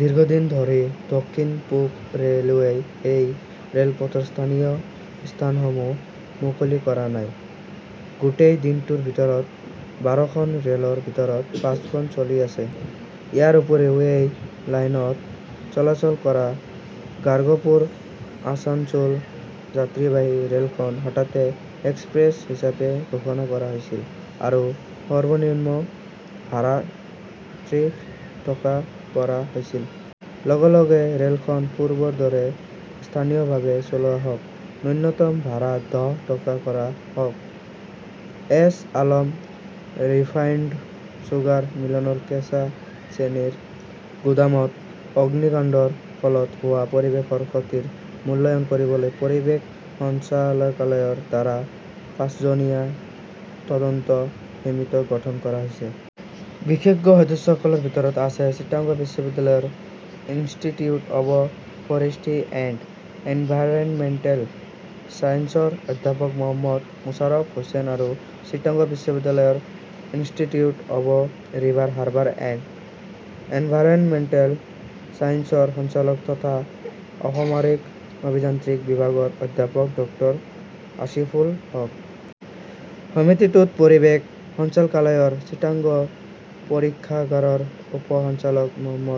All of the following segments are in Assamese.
দীৰ্ঘদিন ধৰি দক্ষিণ-পূৱ ৰে'লৱেই এই ৰে'লপথৰ স্থানীয় স্থানসমূহ মুকলি কৰা নাই। গোটেই দিনটোৰ ভিতৰত বাৰখন ৰে'লৰ ভিতৰত পাঁচখন চলি আছে। ইয়াৰ উপৰিও, এই লাইনত চলাচল কৰা খাৰ্গপুৰ-আছানছোল যাত্ৰীবাহী ৰে'লখন হঠাতে এক্সপ্ৰেছ হিচাপে ঘোষণা কৰা হৈছিল আৰু সৰ্বনিম্ন ভাড়া ত্ৰিশ টকা কৰা হৈছিল। লগে লগে ৰে'লখন পূৰ্বৰ দৰে স্থানীয়ভাৱে চলোৱা হওক। নূন্যতম ভাড়া দহ টকা কৰা হওক। এছ আলম ৰিফাইণ্ড চুগাৰ মিলৰ কেঁচা চেনিৰ গুদামত অগ্নিকাণ্ডৰ ফলত হোৱা পৰিৱেশৰ ক্ষতিৰ মূল্যায়ন কৰিবলৈ পৰিৱেশ সঞ্চালকালয়ৰ দ্বাৰা পাঁচজনীয়া তদন্ত সমিতি গঠন কৰা হৈছে। বিশেষজ্ঞ সদস্যসকলৰ ভিতৰত আছে চিটাগং বিশ্ববিদ্যালয়ৰ institute of forestry and environmental ছায়েন্সৰ অধ্যাপক মহম্মদ মুশ্বাৰফ হোসেন আৰু চিটাগং বিশ্ববিদ্যালয়ৰ institute of river harbour and environmental ছায়েন্সৰ সঞ্চালক তথা অসামৰিক অভিযান্ত্ৰিক বিভাগৰ অধ্যাপক ডক্টৰ আসিফুল হক। সমিতিটোত পৰিৱেশ সঞ্চালকালয়ৰ চিটাগং পৰীক্ষাগাৰৰ উপ সঞ্চালক মো.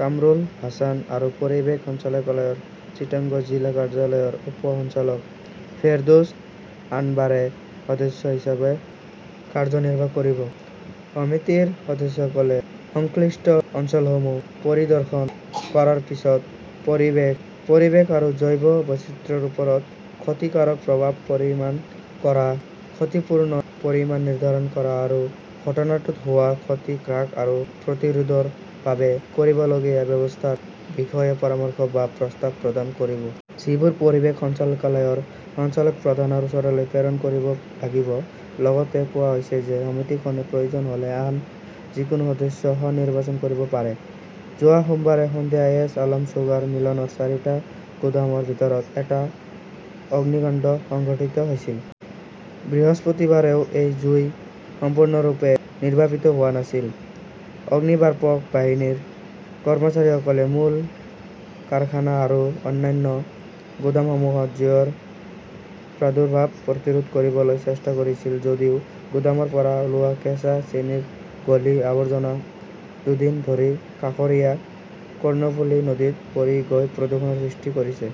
কামৰুল হাছান‌ আৰু পৰিৱেশ সঞ্চালকালয়ৰ চিটাগং জিলা কাৰ্যালয়ৰ উপ সঞ্চালক ফেৰদৌছ আনৱাৰে সদস্য সচিব হিচাপে কাৰ্যনিৰ্বাহ কৰিব। সমিতিৰ সদস্যসকলে সংশ্লিষ্ট অঞ্চলসমূহ পৰিদৰ্শন কৰাৰ পিছত পৰিৱেশ, পৰিৱেশ আৰু জৈৱ বৈচিত্ৰ্যৰ ওপৰত ক্ষতিকাৰক প্ৰভাৱ পৰিমাপ কৰা, ক্ষতিপূৰণৰ পৰিমাণ নিৰ্ধাৰণ কৰা আৰু ঘটনাটোত হোৱা ক্ষতি হ্ৰাস আৰু প্ৰতিৰোধৰ বাবে কৰিবলগীয়া ব্যৱস্থাৰ বিষয়ে পৰামৰ্শ বা প্ৰস্তাৱ প্ৰদান কৰিব। যিবোৰ পৰিৱেশ সঞ্চালকালয়ৰ সঞ্চালক প্ৰধানৰ ওচৰলৈ প্ৰেৰণ কৰিব লাগিব। লগতে কোৱা হৈছে যে সমিতিখনে প্ৰয়োজন হ'লে আন যিকোনো সদস্যই সহ-নিৰ্বাচন কৰিব পাৰে। যোৱা সোমবাৰে সন্ধিয়া এছ আলম চুগাৰ মিলৰ চাৰিটা গুদামৰ ভিতৰত, এটাত অগ্নিকাণ্ড সংঘটিত হৈছিল। বৃহস্পতিবাৰেও সেই জুই সম্পূৰ্ণৰূপে নিৰ্বাপিত হোৱা নাছিল। অগ্নিনিৰ্বাপক বাহিনীৰ কৰ্মচাৰীসকলে মূল কাৰখানা আৰু অন্যান্য গুদামসমূহত জুইৰ প্ৰাদুৰ্ভাৱ প্ৰতিৰোধ কৰিবলৈ চেষ্টা কৰিছিল যদিও গুদামৰ পৰা ওলোৱা কেঁচা চেনিৰ গলিত আৱৰ্জনা দুদিন ধৰি কাষৰীয়া কৰ্ণফুলি নদীত পৰি গৈ প্ৰদূষণৰ সৃষ্টি কৰিছে।